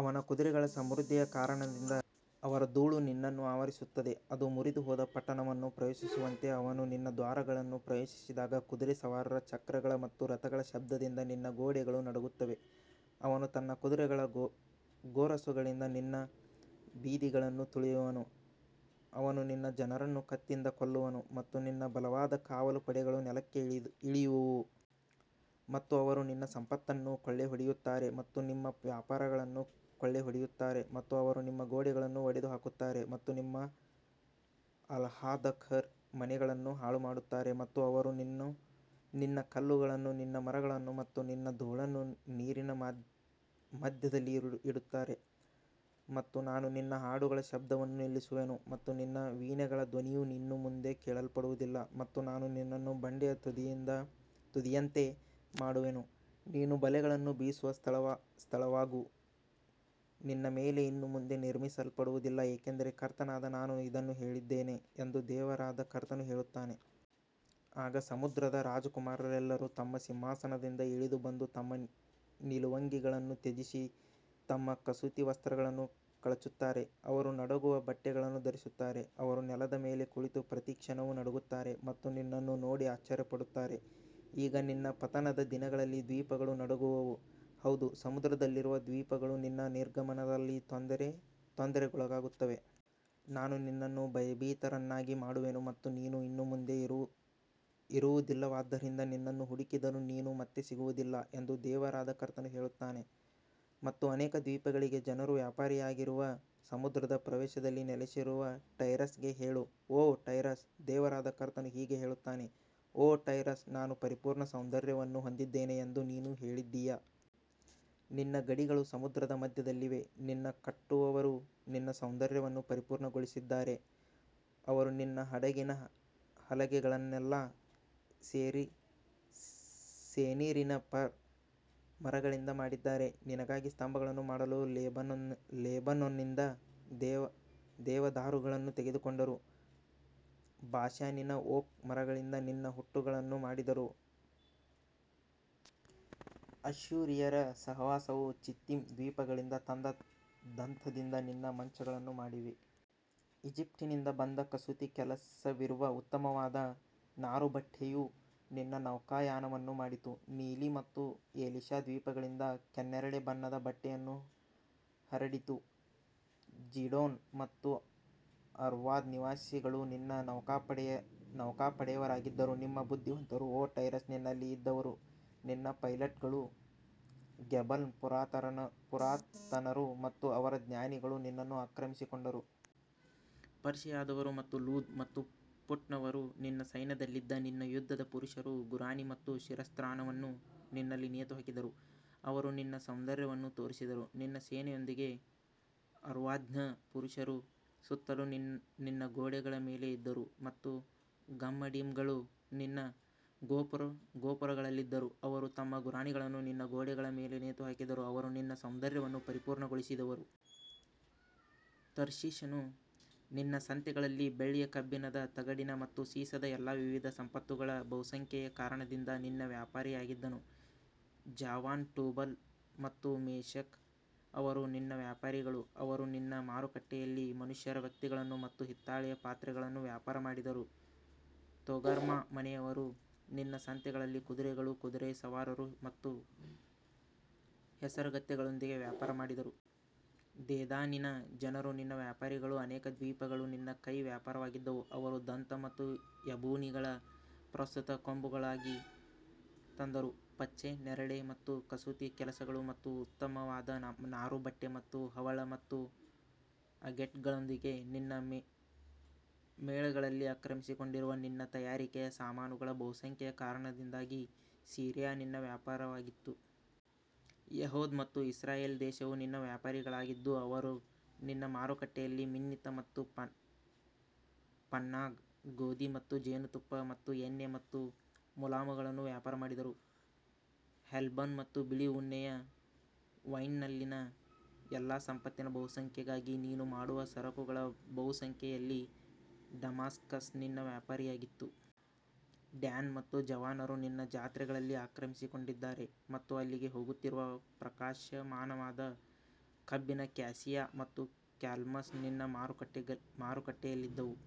ಅವನ ಕುದುರೆಗಳ ಸಮೃದ್ಧಿಯ ಕಾರಣದಿಂದ ಅವರ ಧೂಳು ನಿನ್ನನ್ನು ಆವರಿಸುತ್ತದೆ, ಅದು ಮುರಿದುಹೋದ ಪಟ್ಟಣವನ್ನು ಪ್ರವೇಶಿಸುವಂತೆ ಅವನು ನಿನ್ನ ದ್ವಾರಗಳನ್ನು ಪ್ರವೇಶಿಸಿದಾಗ ಕುದುರೆ ಸವಾರರ, ಚಕ್ರಗಳ ಮತ್ತು ರಥಗಳ ಶಬ್ದದಿಂದ ನಿನ್ನ ಗೋಡೆಗಳು ನಡುಗುತ್ತವೆ. ಅವನು ತನ್ನ ಕುದುರೆಗಳ ಗೊರಸುಗಳಿಂದ ನಿನ್ನ ಬೀದಿಗಳನ್ನು ತುಳಿಯುವನು, ಅವನು ನಿನ್ನ ಜನರನ್ನು ಕತ್ತಿಯಿಂದ ಕೊಲ್ಲುವನು ಮತ್ತು ನಿನ್ನ ಬಲವಾದ ಕಾವಲು ಪಡೆಗಳು ನೆಲಕ್ಕೆ ಇಳಿಯುವವು. ಮತ್ತು ಅವರು ನಿನ್ನ ಸಂಪತ್ತನ್ನು ಕೊಳ್ಳೆಹೊಡೆಯುತ್ತಾರೆ ಮತ್ತು ನಿಮ್ಮ ವ್ಯಾಪಾರವನ್ನು ಕೊಳ್ಳೆಹೊಡೆಯುತ್ತಾರೆ ಮತ್ತು ಅವರು ನಿಮ್ಮ ಗೋಡೆಗಳನ್ನು ಒಡೆದುಹಾಕುತ್ತಾರೆ ಮತ್ತು ನಿಮ್ಮ ಆಹ್ಲಾದಕರ ಮನೆಗಳನ್ನು ಹಾಳುಮಾಡುತ್ತಾರೆ ಮತ್ತು ಅವರು ನಿನ್ನ ಕಲ್ಲುಗಳನ್ನು, ನಿನ್ನ ಮರಗಳನ್ನು ಮತ್ತು ನಿನ್ನ ಧೂಳನ್ನು ನೀರಿನ ಮಧ್ಯದಲ್ಲಿ ಇಡುತ್ತಾರೆ. ಮತ್ತು ನಾನು ನಿನ್ನ ಹಾಡುಗಳ ಶಬ್ದವನ್ನು ನಿಲ್ಲಿಸುವೆನು ಮತ್ತು ನಿನ್ನ ವೀಣೆಗಳ ಧ್ವನಿಯು ಇನ್ನು ಮುಂದೆ ಕೇಳಲ್ಪಡುವುದಿಲ್ಲ ಮತ್ತು ನಾನು ನಿನ್ನನ್ನು ಬಂಡೆಯ ತುದಿಯಂತೆ ಮಾಡುವೆನು, ನೀನು ಬಲೆಗಳನ್ನು ಬೀಸುವ ಸ್ಥಳವಾಗು, ನಿನ್ನ ಮೇಲೆ ಇನ್ನು ಮುಂದೆ ನಿರ್ಮಿಸಲ್ಪಡುವುದಿಲ್ಲ, ಏಕೆಂದರೆ ಕರ್ತನಾದ ನಾನು ಇದನ್ನು ಹೇಳಿದ್ದೇನೆ ಎಂದು ದೇವರಾದ ಕರ್ತನು ಹೇಳುತ್ತಾನೆ. ಆಗ ಸಮುದ್ರದ ರಾಜಕುಮಾರರೆಲ್ಲರೂ ತಮ್ಮ ಸಿಂಹಾಸನದಿಂದ ಇಳಿದು ಬಂದು ತಮ್ಮ ನಿಲುವಂಗಿಗಳನ್ನು ತ್ಯಜಿಸಿ ತಮ್ಮ ಕಸೂತಿ ವಸ್ತ್ರಗಳನ್ನು ಕಳಚುತ್ತಾರೆ. ಅವರು ನಡುಗುವ ಬಟ್ಟೆಗಳನ್ನು ಧರಿಸುತ್ತಾರೆ, ಅವರು ನೆಲದ ಮೇಲೆ ಕುಳಿತು ಪ್ರತಿ ಕ್ಷಣವೂ ನಡುಗುತ್ತಾರೆ ಮತ್ತು ನಿನ್ನನ್ನು ನೋಡಿ ಆಶ್ಚರ್ಯಪಡುತ್ತಾರೆ. ಈಗ ನಿನ್ನ ಪತನದ ದಿನದಲ್ಲಿ ದ್ವೀಪಗಳು ನಡುಗುವವು, ಹೌದು, ಸಮುದ್ರದಲ್ಲಿರುವ ದ್ವೀಪಗಳು ನಿನ್ನ ನಿರ್ಗಮನದಲ್ಲಿ ತೊಂದರೆಗೊಳಗಾಗುತ್ತವೆ. ನಾನು ನಿನ್ನನ್ನು ಭಯಭೀತರನ್ನಾಗಿ ಮಾಡುವೆನು ಮತ್ತು ನೀನು ಇನ್ನು ಮುಂದೆ ಇರುವುದಿಲ್ಲವಾದ್ದರಿಂದ ನಿನ್ನನ್ನು ಹುಡುಕಿದರೂ ನೀನು ಮತ್ತೆ ಸಿಗುವುದಿಲ್ಲ ಎಂದು ದೇವರಾದ ಕರ್ತನು ಹೇಳುತ್ತಾನೆ. ಮತ್ತು ಅನೇಕ ದ್ವೀಪಗಳಿಗೆ ಜನರ ವ್ಯಾಪಾರಿಯಾಗಿರುವ ಸಮುದ್ರದ ಪ್ರವೇಶದಲ್ಲಿ ನೆಲೆಸಿರುವ ಟೈರಸ್ಗೆ ಹೇಳು, ಓ ಟೈರಸ್, ದೇವರಾದ ಕರ್ತನು ಹೀಗೆ ಹೇಳುತ್ತಾನೆ, ಓ ಟೈರಸ್, ನಾನು ಪರಿಪೂರ್ಣ ಸೌಂದರ್ಯವನ್ನು ಹೊಂದಿದ್ದೇನೆ ಎಂದು ನೀನು ಹೇಳಿದ್ದೀಯ. ನಿನ್ನ ಗಡಿಗಳು ಸಮುದ್ರದ ಮಧ್ಯದಲ್ಲಿವೆ, ನಿನ್ನ ಕಟ್ಟುವವರು ನಿನ್ನ ಸೌಂದರ್ಯವನ್ನು ಪರಿಪೂರ್ಣಗೊಳಿಸಿದ್ದಾರೆ. ಅವರು ನಿನ್ನ ಹಡಗಿನ ಹಲಗೆಗಳನ್ನೆಲ್ಲಾ ಸೆನೀರಿನ ಫರ್ ಮರಗಳಿಂದ ಮಾಡಿದ್ದಾರೆ, ನಿನಗಾಗಿ ಸ್ತಂಭಗಳನ್ನು ಮಾಡಲು ಲೆಬನೋನ್ನಿಂದ ದೇವದಾರುಗಳನ್ನು ತೆಗೆದುಕೊಂಡರು. ಬಾಷಾನಿನ ಓಕ್ ಮರಗಳಿಂದ ನಿನ್ನ ಹುಟ್ಟುಗಳನ್ನು ಮಾಡಿದರು, ಅಶ್ಶೂರಿಯರ ಸಹವಾಸವು ಚಿತ್ತೀಮ್ ದ್ವೀಪಗಳಿಂದ ತಂದ ದಂತದಿಂದ ನಿನ್ನ ಮಂಚಗಳನ್ನು ಮಾಡಿದೆ. ಈಜಿಪ್ಟ್ನಿಂದ ಬಂದ ಕಸೂತಿ ಕೆಲಸವಿರುವ ಉತ್ತಮವಾದ ನಾರುಬಟ್ಟೆಯು ನಿನ್ನ ನೌಕಾಯಾನವನ್ನು ಮಾಡಿತು, ನೀಲಿ ಮತ್ತು ಎಲಿಷಾ ದ್ವೀಪಗಳಿಂದ ಕೆನ್ನೇರಳೆ ಬಣ್ಣದ ಬಟ್ಟೆಯನ್ನು ಹರಡಿತು. ಝೀಡೋನ್ ಮತ್ತು ಅರ್ವಾದ್ ನಿವಾಸಿಗಳು ನಿನ್ನ ನೌಕಾಪಡೆಯವರಾಗಿದ್ದರು, ನಿಮ್ಮ ಬುದ್ಧಿವಂತರು ಓ ಟೈರಸ್, ನಿನ್ನಲ್ಲಿ ಇದ್ದವರು ನಿನ್ನ ಪೈಲಟ್ಗಳು, ಗೆಬಲ್ನ ಪುರಾತನರು ಮತ್ತು ಅವರ ಜ್ಞಾನಿಗಳು ನಿನ್ನನ್ನು ಆಕ್ರಮಿಸಿಕೊಂಡರು. ಪರ್ಷಿಯಾದವರು ಮತ್ತು ಲುದ್ ಮತ್ತು ಫುಟ್ನವರು ನಿನ್ನ ಸೈನ್ಯದಲ್ಲಿದ್ದ ನಿನ್ನ ಯುದ್ಧದ ಪುರುಷರು, ಗುರಾಣಿ ಮತ್ತು ಶಿರಸ್ತ್ರಾಣವನ್ನು ನಿನ್ನಲ್ಲಿ ನೇತುಹಾಕಿದರು, ಅವರು ನಿನ್ನ ಸೌಂದರ್ಯವನ್ನು ತೋರಿಸಿದರು. ನಿನ್ನ ಸೇನೆಯೊಂದಿಗೆ ಅರ್ವಾದ್ನ ಪುರುಷರು ಸುತ್ತಲೂ ನಿನ್ನ ಗೋಡೆಗಳ ಮೇಲೆ ಇದ್ದರು ಮತ್ತು ಗಮ್ಮಡಿಮ್ಗಳು ನಿನ್ನ ಗೋಪುರಗಳಲ್ಲಿದ್ದರು. ಅವರು ತಮ್ಮ ಗುರಾಣಿಗಳನ್ನು ನಿನ್ನ ಗೋಡೆಗಳ ಮೇಲೆ ನೇತುಹಾಕಿದರು, ಅವರು ನಿನ್ನ ಸೌಂದರ್ಯವನ್ನು ಪರಿಪೂರ್ಣಗೊಳಿಸಿದರು. ತರ್ಷೀಷನು ನಿನ್ನ ಸಂತೆಗಳಲ್ಲಿ ಬೆಳ್ಳಿಯ, ಕಬ್ಬಿಣದ, ತಗಡಿನ ಮತ್ತು ಸೀಸದ ಎಲ್ಲಾ ವಿಧದ ಸಂಪತ್ತುಗಳ ಬಹುಸಂಖ್ಯೆಯ ಕಾರಣದಿಂದ ನಿನ್ನ ವ್ಯಾಪಾರಿಯಾಗಿದ್ದನು. ಜಾವಾನ್, ಟುಬಲ್ ಮತ್ತು ಮೆಷೆಕ್ ಅವರು ನಿನ್ನ ವ್ಯಾಪಾರಿಗಳು, ಅವರು ನಿನ್ನ ಮಾರುಕಟ್ಟೆಯಲ್ಲಿ ಮನುಷ್ಯರ ವ್ಯಕ್ತಿಗಳನ್ನು ಮತ್ತು ಹಿತ್ತಾಳೆಯ ಪಾತ್ರೆಗಳನ್ನು ವ್ಯಾಪಾರ ಮಾಡಿದರು. ತೊಗರ್ಮಾ ಮನೆಯವರು ನಿನ್ನ ಸಂತೆಗಳಲ್ಲಿ ಕುದುರೆಗಳು, ಕುದುರೆಸವಾರರು ಮತ್ತು ಹೇಸರಗತ್ತೆಗಳೊಂದಿಗೆ ವ್ಯಾಪಾರ ಮಾಡಿದರು. ದೇದಾನಿನ ಜನರು ನಿನ್ನ ವ್ಯಾಪಾರಿಗಳು, ಅನೇಕ ದ್ವೀಪಗಳು ನಿನ್ನ ಕೈಯ ವ್ಯಾಪಾರವಾಗಿದ್ದವು, ಅವರು ದಂತ ಮತ್ತು ಎಬೊನಿಗಳ ಪ್ರಸ್ತುತ ಕೊಂಬುಗಳಿಗಾಗಿ ತಂದರು. ಪಚ್ಚೆ, ನೇರಳೆ ಮತ್ತು ಕಸೂತಿ ಕೆಲಸಗಳು ಮತ್ತು ಉತ್ತಮವಾದ ನಾರುಬಟ್ಟೆ ಮತ್ತು ಹವಳ ಮತ್ತು ಅಗೇಟ್ಗಳೊಂದಿಗೆ ನಿನ್ನ ಮೇಳಗಳಲ್ಲಿ ಆಕ್ರಮಿಸಿಕೊಂಡಿರುವ ನಿನ್ನ ತಯಾರಿಕೆಯ ಸಾಮಾನುಗಳ ಬಹುಸಂಖ್ಯೆಯ ಕಾರಣದಿಂದಾಗಿ ಸಿರಿಯಾ ನಿನ್ನ ವ್ಯಾಪಾರಿಯಾಗಿತ್ತು. ಯೆಹೂದ ಮತ್ತು ಇಸ್ರಾಯೇಲ್ ದೇಶವು ನಿನ್ನ ವ್ಯಾಪಾರಿಗಳಾಗಿದ್ದು, ಅವರು ನಿನ್ನ ಮಾರುಕಟ್ಟೆಯಲ್ಲಿ ಮಿನ್ನಿತ್ ಮತ್ತು ಪನ್ನಾಗ್ ಗೋಧಿ ಮತ್ತು ಜೇನುತುಪ್ಪ ಮತ್ತು ಎಣ್ಣೆ ಮತ್ತು ಮುಲಾಮುಗಳನ್ನು ವ್ಯಾಪಾರ ಮಾಡಿದರು. ಹೆಲ್ಬನ್ ಮತ್ತು ಬಿಳಿ ಉಣ್ಣೆಯ ವೈನ್ನಲ್ಲಿನ ಎಲ್ಲಾ ಸಂಪತ್ತಿನ ಬಹುಸಂಖ್ಯೆಗಾಗಿ ನೀನು ಮಾಡುವ ಸರಕುಗಳ ಬಹುಸಂಖ್ಯೆಯಲ್ಲಿ ಡಮಾಸ್ಕಸ್ ನಿನ್ನ ವ್ಯಾಪಾರಿಯಾಗಿತ್ತು. ಡ್ಯಾನ್ ಮತ್ತು ಜವಾನರು ನಿನ್ನ ಜಾತ್ರೆಗಳಲ್ಲಿ ಆಕ್ರಮಿಸಿಕೊಂಡಿದ್ದಾರೆ ಮತ್ತು ಅಲ್ಲಿಗೆ ಹೋಗುತ್ತಿರುವ ಪ್ರಕಾಶಮಾನವಾದ ಕಬ್ಬಿಣ, ಕ್ಯಾಸಿಯಾ ಮತ್ತು ಕ್ಯಾಲಮಸ್ ನಿನ್ನ ಮಾರುಕಟ್ಟೆಯಲ್ಲಿದ್ದವು.